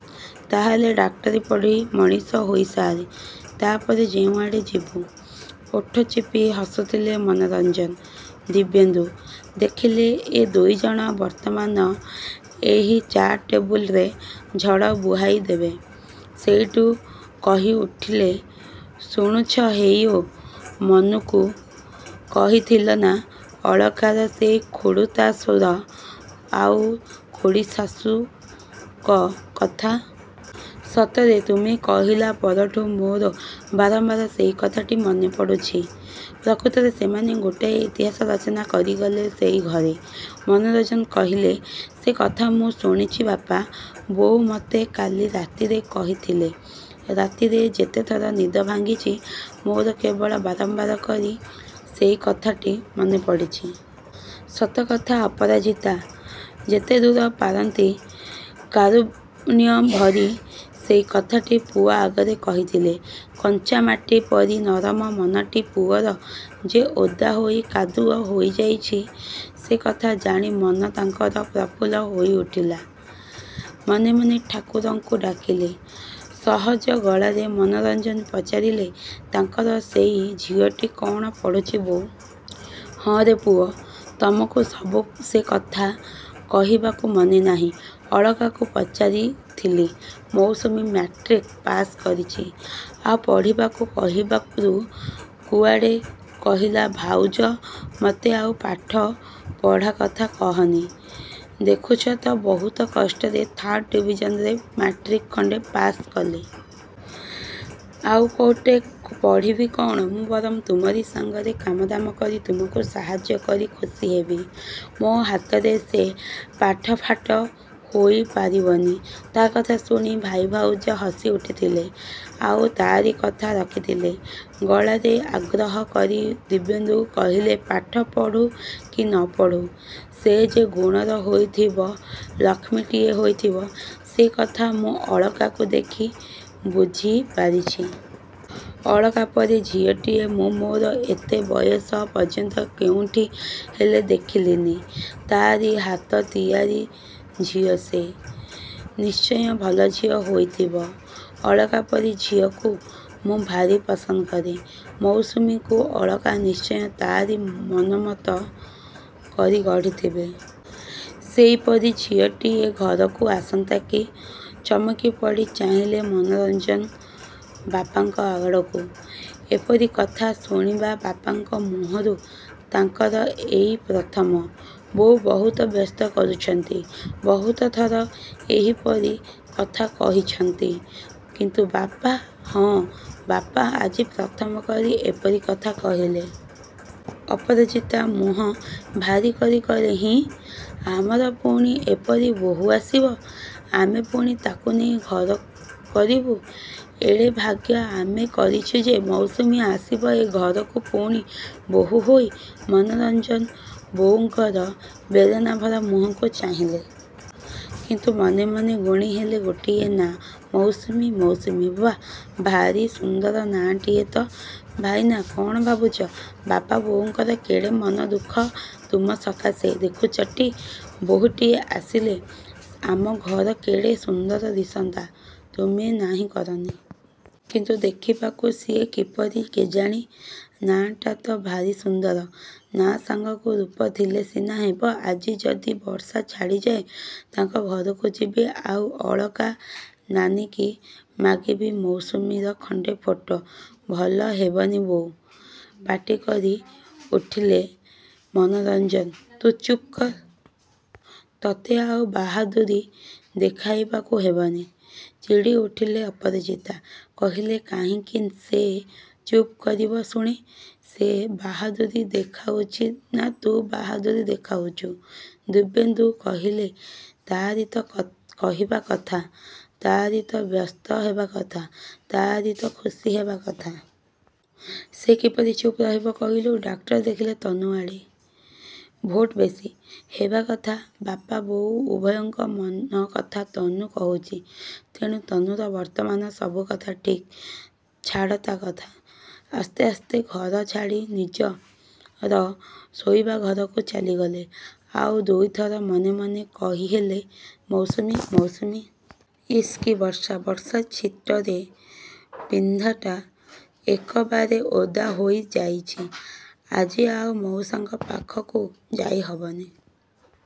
ତାହାହେଲେ ଡାକ୍ତରୀ ପଢ଼ି ମଣିଷ ହୋଇସାରେ, ତା'ପରେ ଯେଉଁଆଡ଼େ ଯିବୁ। ଓଠ ଚିପି ହସୁଥିଲେ ମନୋରଞ୍ଜନ। ଦିବ୍ୟେନ୍ଦୁ ଦେଖିଲେ ଏ ଦୁଇଜଣ ବର୍ତ୍ତମାନ ଏହି ଚା ଟେବୁଲରେ ଝଡ଼ ବୁହାଇଦେବେ। ସେଇଠୁ କହିଉଠିଲେ ଶୁଣୁଛ ହେଇଓ, ମନୁକୁ କହିଥିଲ ନା ଅଳକାର ସେଇ ଖୁଡ଼ୁତାଶୁର ଆଉ ଖୁଡ଼ୀଶାଶୂଙ୍କ କ କଥା? ସତରେ ତୁମେ କହିଲା ପରଠୁ ମୋର ବାରମ୍ବାର ସେଇ କଥାଟି ମନେପଡ଼ୁଛି। ପ୍ରକୃତରେ ସେମାନେ ଗୋଟିଏ ଇତିହାସ ରଚନା କରିଗଲେ ସେଇ ଘରେ। ମନୋରଞ୍ଜନ କହିଲେ ସେକଥା ମୁଁ ଶୁଣିଛି ବାପା। ବୋଉ ମତେ କାଲି ରାତିରେ କହିଥିଲେ। ରାତିରେ ଯେତେଥର ନିଦ ଭାଙ୍ଗିଛି ମୋର କେବଳ ବାରମ୍ବାର କରି ସେଇ କଥାଟି ମନେପଡ଼ିଛି। ସତ କଥା ଅପରାଜିତା ଯେତେଦୂର ପାରନ୍ତି କାରୁଣ୍ୟଭରି ସେଇ କଥାଟି ପୁଅ ଆଗରେ କହିଥିଲେ। କଞ୍ଚାମାଟି ପରି ନରମ ମନଟି ପୁଅର ଯେ ଓଦା ହୋଇ କାଦୁଅ ହୋଇଯାଇଛି, ସେକଥା ଜାଣି ମନ ତାଙ୍କର ପ୍ରଫୁଲ୍ଲ ହୋଇଉଠିଲା। ମନେ ମନେ ଠାକୁରଙ୍କୁ ଡାକିଲେ। ସହଜ ଗଳାରେ ମନୋରଞ୍ଜନ ପଚାରିଲେ ତାଙ୍କର ସେଇ ଝିଅଟି କ'ଣ ପଢ଼ୁଛି ବୋଉ? ହଁରେ ପୁଅ ତମକୁ ସବୁ ସେକଥା କହିବାକୁ ମନେନାହିଁ। ଅଳକାକୁ ପଚାରିଥିଲି। ମୌସୁମୀ ମାଟ୍ରିକ୍ ପାଶ୍ କରିଛି। ଆଉ ପଢ଼ିବାକୁ କହିବାକୁ କୁଆଡ଼େ କହିଲା ଭାଉଜ, ମୋତେ ଆଉ ପାଠପଢ଼ା କଥା କହନି। ଦେଖୁଛ ତ ବହୁତ କଷ୍ଟରେ ଥାର୍ଡ ଡିଭିଜନରେ ମାଟ୍ରିକ୍ ଖଣ୍ଡେ ପାଶ୍ କଲି। ଆଉ ଗୋଟେ ପଢ଼ିବି କ'ଣ? ମୁଁ ବରଂ ତୁମରି ସାଙ୍ଗରେ କାମଦାମ କରି ତୁମକୁ ସାହାଯ୍ୟ କରି ଖୁସିହେବି। ମୋ ହାତରେ ସେ ପାଠଫାଠ ହୋଇପାରିବନି। ତା'କଥା ଶୁଣି ଭାଇଭାଉଜ ହସିଉଠିଥିଲେ। ଆଉ ତାରି କଥା ରଖିଥିଲେ। ଗଳାରେ ଆଗ୍ରହ ଭରି ଦିବ୍ୟେନ୍ଦୁ କହିଲେ ପାଠ ପଢ଼ୁ, କି ନ ପଢ଼ୁ ସେ ଯେ ଗୁଣର ହୋଇଥିବ, ଲକ୍ଷ୍ମୀଟିଏ ହୋଇଥିବ, ସେକଥା ମୁଁ ଅଳକାକୁ ଦେଖି ବୁଝିପାରିଛି। ଅଳକାପରି ଝିଅଟିଏ ମୁଁ ମୋର ଏତେ ବୟସ ପର୍ଯ୍ୟନ୍ତ କେଉଁଠି ହେଲେ ଦେଖିଲିନି। ତା'ରି ହାତ ତିଆରି ଝିଅ ସେ। ନିଶ୍ଚୟ ଭଲ ଝିଅ ହୋଇଥିବ। ଅଳକା ପରି ଝିଅକୁ ମୁଁ ଭାରି ପସନ୍ଦ କରେ। ମୌସୁମୀକୁ ଅଳକା ନିଶ୍ଚୟ ତା'ରି ମନୋମତ କରି ଗଢ଼ିଥିବେ। ସେଇପରି ଝିଅଟିଏ ଘରକୁ ଆସନ୍ତା କି। ଚମକିପଡ଼ି ଚାହିଁଲେ ମନୋରଞ୍ଜନ ବାପାଙ୍କ ଆଡ଼କୁ। ଏପରି କଥା ଶୁଣିବା ବାପାଙ୍କ ମୁହଁରୁ ତାଙ୍କର ଏଇ ପ୍ରଥମ। ବୋଉ ବହୁତ ବ୍ୟସ୍ତ କରୁଛନ୍ତି। ବହୁତଥର ଏହିପରି କଥା କହିଛନ୍ତି। କିନ୍ତୁ ବାପା! ହଁ, ବାପା ଆଜି ପ୍ରଥମକରି ଏପରି କଥା କହିଲେ। ଅପରାଜିତା ମୁହଁ ଭାରିକରି କହିଲେ ହିଁ, ଆମର ପୁଣି ଏପରି ବୋହୂ ଆସିବ! ଆମେ ପୁଣି ତାକୁ ନେଇ ଘର କରିବୁ! ଏଡ଼େ ଭାଗ୍ୟ ଆମେ କରିଛୁ ଯେ, ମୌସୁମୀ ଆସିବ ଏ ଘରକୁ ପୁଣି ବୋହୂ ହୋଇ! ମନୋରଞ୍ଜନ ବୋଉଙ୍କର ବେଦନାଭରା ମୁହଁକୁ ଚାହିଁଲେ। କିନ୍ତୁ ମନେ ମନେ ଗୁଣିହେଲେ ଗୋଟିଏ ନାଆଁ ମୌସୁମୀ, ମୌସୁମୀ। ବାଃ, ଭାରି ସୁନ୍ଦର ନାଁଟିଏ ତ। ଭାଇନା, କ'ଣ ଭାବୁଛ? ବାପା ବୋଉଙ୍କର କେଡ଼େ ମନଦୁଃଖ ତୁମ ସକାଶେ ଦେଖୁଛଟି? ବୋହୂଟିଏ ଆସିଲେ ଆମ ଘର କେଡ଼େ ସୁନ୍ଦର ଦିଶନ୍ତା, ତୁମେ ନାହିଁ କରନି। କିନ୍ତୁ ଦେଖିବାକୁ ସିଏ କିପରି କେଜାଣି। ନାଁଟା ତ ଭାରି ସୁନ୍ଦର। ନାଁ ସାଙ୍ଗକୁ ରୂପ ଥିଲେ ସିନା ହେବ। ଆଜି ଯଦି ବର୍ଷା ଛାଡ଼ିଯାଏ, ତାଙ୍କ ଘରକୁ ଯିବି ଆଉ ଅଳକା ନାନୀକି ମାଗିବି ମୌସୁମୀର ଖଣ୍ଡେ ଫଟୋ। ଭଲ ହେବନି ବୋଉ? ପାଟିକରି ଉଠିଲେ ମନୋରଞ୍ଜନ ତୁ ଚୁପ୍ କର। ତତେ ଆଉ ବାହାଦୁରି ଦେଖାଇବାକୁ ହେବନି। ଚିଡ଼ିଉଠିଲେ ଅପରାଜିତା। କହିଲେ କାହିଁକି ସେ ଚୁପ୍ କରିବ ଶୁଣେ? ସେ ବାହାଦୁରି ଦେଖାଉଛି ନା ତୁ ବାହାଦୁରି ଦେଖାଉଛୁ। ଦିବ୍ୟେନ୍ଦୁ କହିଲେ–ତାରି ତ କହିବା କଥା, ତା'ରି ତ ବ୍ୟସ୍ତ ହେବା କଥା, ତା'ରି ତ ଖୁସି ହେବା କଥା। ସେ କିପରି ଚୁପ୍ ରହିବ କହିଲୁ? ଡାକ୍ତର ଦେଖିଲେ ତନୁଆଡ଼େ ଭୋଟ ବେଶି। ହେବାକଥା ବାପାବୋଉ ଉଭୟଙ୍କ ମନକଥା ତନୁ କହୁଛି। ତେଣୁ ତନୁର ବର୍ତ୍ତମାନ ସବୁକଥା ଠିକ୍। ଛାଡ଼ ତା' କଥା। ଆସ୍ତେ ଆସ୍ତେ ଘର ଛାଡ଼ି ନିଜର ଶୋଇବା ଘରକୁ ଚାଲିଗଲେ ଆଉ ଦୁଇଥର ମନେ ମନେ କହିହେଲେ ମୌସୁମୀ, ମୌସୁମୀ। ଇସ୍ କି ବର୍ଷା! ବର୍ଷାଛିଟରେ ପିନ୍ଧାଟା ଏକବାରେ ଓଦା ହୋଇଯାଇଛି। ଆଜି ଆଉ ମଉସାଙ୍କ ପାଖକୁ ଯାଇହେବନି।